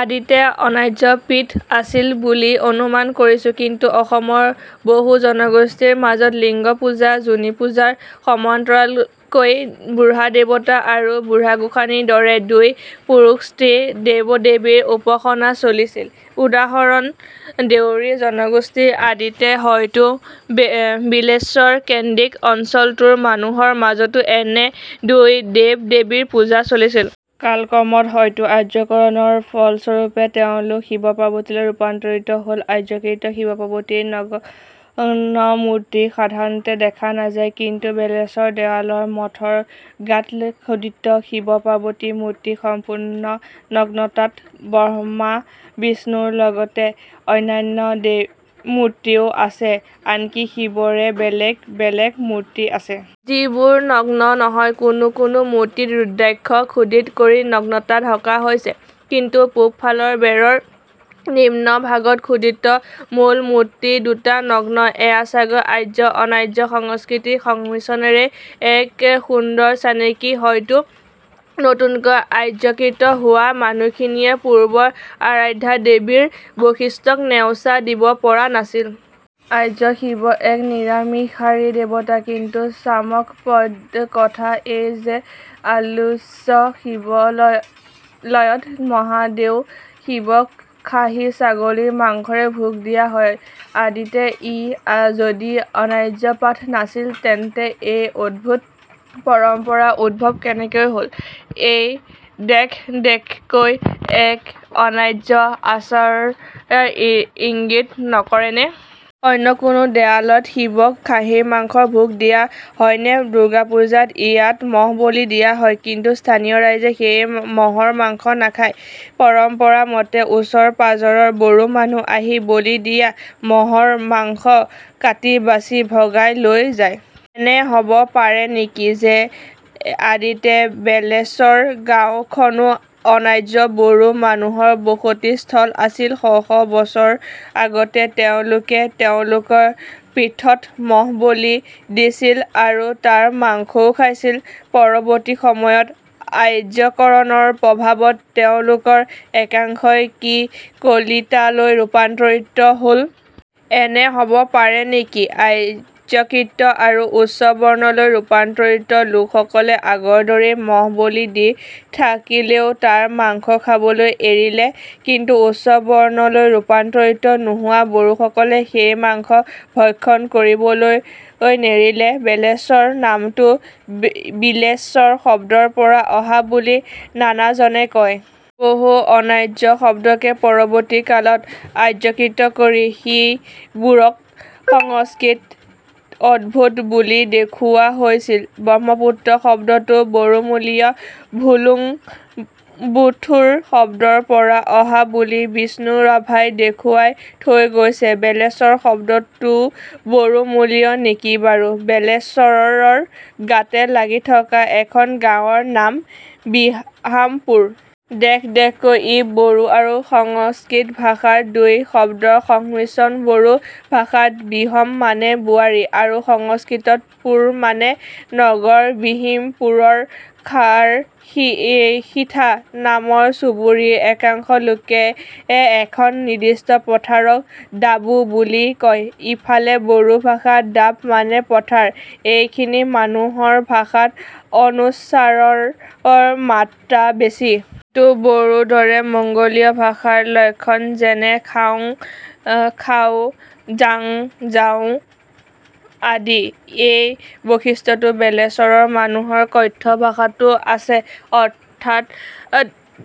আদিতে অনাৰ্যপীঠ আছিল বুলি অনুমান কৰিছোঁ। কিন্তু অসমৰ বহু জনগোষ্ঠীৰ মাজত লিংগপূজা, যোনিপূজাৰ সমান্তৰালকৈ বুঢ়াদেৱতা আৰু বুঢ়ীগোসাঁনীৰ দৰে দুই পুৰুষস্ত্ৰী দেৱদেৱীৰ উপাসনা চলিছিল। উদাহৰণ দেউৰী জনগোষ্ঠী আদিতে হয়তো বিল্বেশ্বৰ কেন্দ্ৰিক অঞ্চলটোৰ মানুহৰ মাজতো এনে দুই দেৱদেৱীৰ পূজা চলিছিল। কালক্ৰমত হয়তো আৰ্যীকৰণৰ ফলস্বৰূপে তেওঁলোক শিৱ-পাৰ্বতীলৈ ৰূপান্তৰিত হল। আৰ্যীকৃত শিৱপাৰ্বতীৰ নগ্নমূৰ্তি সাধাৰণতে দেখা নাযায়। কিন্তু বিল্বেশ্বৰ দেৱালয়ৰ মঠৰ গাত খোদিত শিৱপাৰ্বতী মূৰ্তি সম্পূৰ্ণ নগ্নতাত ব্ৰহ্মাবিষ্ণুৰ লগতে অন্যান্য মূৰ্তিও আছে, আনকি শিৱৰে বেলেগ বেলেগ মূৰ্তি আছে। যিবোৰ নগ্ন নহয়। কোনো কোনো মূৰ্তিত ৰূদ্ৰাক্ষ খোদিত কৰি নগ্নতা ঢকা হৈছে। কিন্তু পূবফালৰ বেৰৰ নিম্নভাগত খোদিত মূল মূৰ্তি দুটা নগ্ন এয়া চাগৈ আৰ্য-অনাৰ্য সংস্কৃতিৰ সংমিশ্ৰণৰেই এক সুন্দৰ চানেকি। হয়তো নতুনকৈ আৰ্যীকৃত হোৱা মানুহখিনিয়ে পূৰ্বৰ আৰাধ্য দেৱদেৱীৰ বৈশিষ্ট্যক নেওচা দিব পৰা নাছিল। আৰ্য শিৱ এক নিৰামিষাহাৰী দেৱতা। কিন্তু চমকপ্ৰদ কথা এই যে আলোচ্য শিৱালয়ত মহাদেউ শিৱক খাহী ছাগলীৰ মাংসৰে ভোগ দিয়া হয়। আদিতে ই যদি অনাৰ্যপীঠ নাছিল তেন্তে এই অদ্ভুত পৰম্পৰাৰ উদ্ভৱ কেনেকৈ হল। ই দেখদেখকৈ এক অনাৰ্য আচাৰ ইংগিত নকৰেনে? অন্য কোনো শিৱালয়ত শিৱক খাহীৰ মাংসৰ ভোগ দিয়া হয়নে? দুৰ্গাপূজাত ইয়াত মহ বলি দিয়া হয়। কিন্তু স্থানীয় ৰাইজে সেই মহৰ মাংস নাখায়। পৰম্পৰা মতেই ওচৰ পাজৰৰ বড়ো মানুহ আহি বলি দিয়া মহৰ মাংস কাটিবাছি ভগাই লৈ যায়। এনে হব পাৰে নেকি যে আদিতে বেলশৰ গাওঁখনো অনাৰ্য বড়ো মানুহৰ বসতি স্থল আছিল শ শ বছৰ আগতে তেওঁলোকে তেওঁলোকৰ পীঠত মহ বলি দিছিল। আৰু তাৰ মাংসও খাইছিল পৰৱৰ্তী সময়ত আৰ্যীকৰণৰ প্ৰভাৱত তেওঁলোকৰ একাংশই কি কলিতালৈ ৰূপান্তৰিত হল। এনে হব পাৰে নেকি যে আৰ্যীকৃত আৰু উচ্চবৰ্ণলৈ ৰূপান্তৰিত লোকসকলে আগৰদৰেই মহ বলি দি থাকিলেও তাৰ মাংস খাবলৈ এৰিলে। কিন্তু উচ্চবৰ্ণলৈ ৰূপান্তৰিত নোহোৱা বড়োসকলে সেই মাংস ভক্ষণ কৰিবলৈ নেৰিলে। বেলশৰ নামটো বিল্বেশ্বৰ শব্দৰ পৰা অহা বুলি নানাজনে কয়। বহু অনাৰ্য শব্দকে পৰৱৰ্তী কালত আৰ্যীকৃত কৰি সিবোৰক সংস্কৃত উদ্ভুত বুলি দেখুওৱা হৈছিল। ব্ৰহ্মপুত্ৰ শব্দটো বড়োমূলীয় ভুল্লুংবুথুৰ শব্দৰ পৰা অহা বুলি বিষ্ণুৰাভাই দেখুৱাই থৈ গৈছে। বেলশৰ শব্দটোৱো বড়োমূলীয় নেকি বাৰু বেলশৰৰ গাতে লাগি থকা এখন গাঁৱৰ নাম বিহামপুৰ। দেখদেখকৈ ই বড়ো আৰু সংস্কৃত ভাষাৰ দুই শব্দৰ মিশ্ৰণবড়ো ভাষাত বিহম মানে বোৱাৰী আৰু সংস্কৃতত পুৰ মানে নগৰবিহামপুৰৰ খাৰশিঠা নামৰ চুবুৰীৰ একাংশ লোকে এখন নিৰ্দিষ্ট পথাৰক দাবো বুলি কয়। ইফালে বড়ো ভাষাত দাব মানে পথাৰ এইখিনি মানুহৰ ভাষাত অনুস্বাৰৰ মাত্ৰা বেছি। যিটো বড়োৰ দৰে মংগোলীয় ভাষাৰ লক্ষণযেনে খাং খাওঁ যাং যাওঁ আদি। এই বৈশিষ্ট্যটো বেলশৰৰ মানুহৰ কথ্য ভাষাতো আছে। অৰ্থাৎ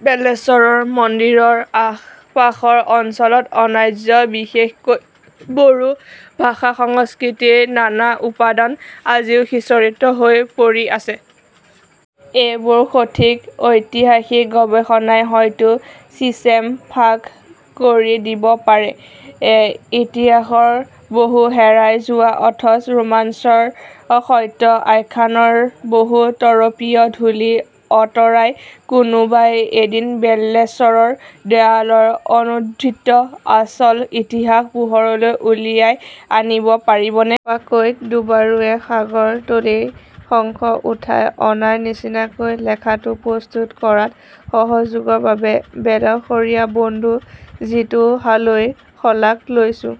বিল্বেশ্বৰ মন্দিৰৰ আশপাশৰ অঞ্চলত অনাৰ্য বিশেষকৈ বড়ো ভাষাসংস্কৃতিৰ নানা উপাদান আজিও সিঁচৰতি হৈ পৰি আছে। এইবোৰৰ সঠিক ঐতিহাসিক গৱেষণাই হয়তো চিচেম ফাক কৰি দিব পাৰে। ইতিহাসৰ বহু হেৰাই যোৱা অথচ ৰোমাঞ্চকৰ সত্যৰ আখ্যানৰ বহু তৰপীয়া ধূলি আঁতৰাই কোনোবাই এদিন বিল্বেশ্বৰ দেৱালয়ৰ অনুদ্ধৃত আচল ইতিহাস পোহৰলৈ উলিয়াই আনিব পাৰিবনে? পাকৈত ডুবাৰুৱে সাগৰতলিৰ শংখ উঠাই অনাৰ নিচিনাকৈ লেখাটো প্ৰস্তুত কৰাত সহযোগৰ বাবে বেলশৰীয়া বন্ধু জিতু হালৈৰ শলাগ লৈছোঁ।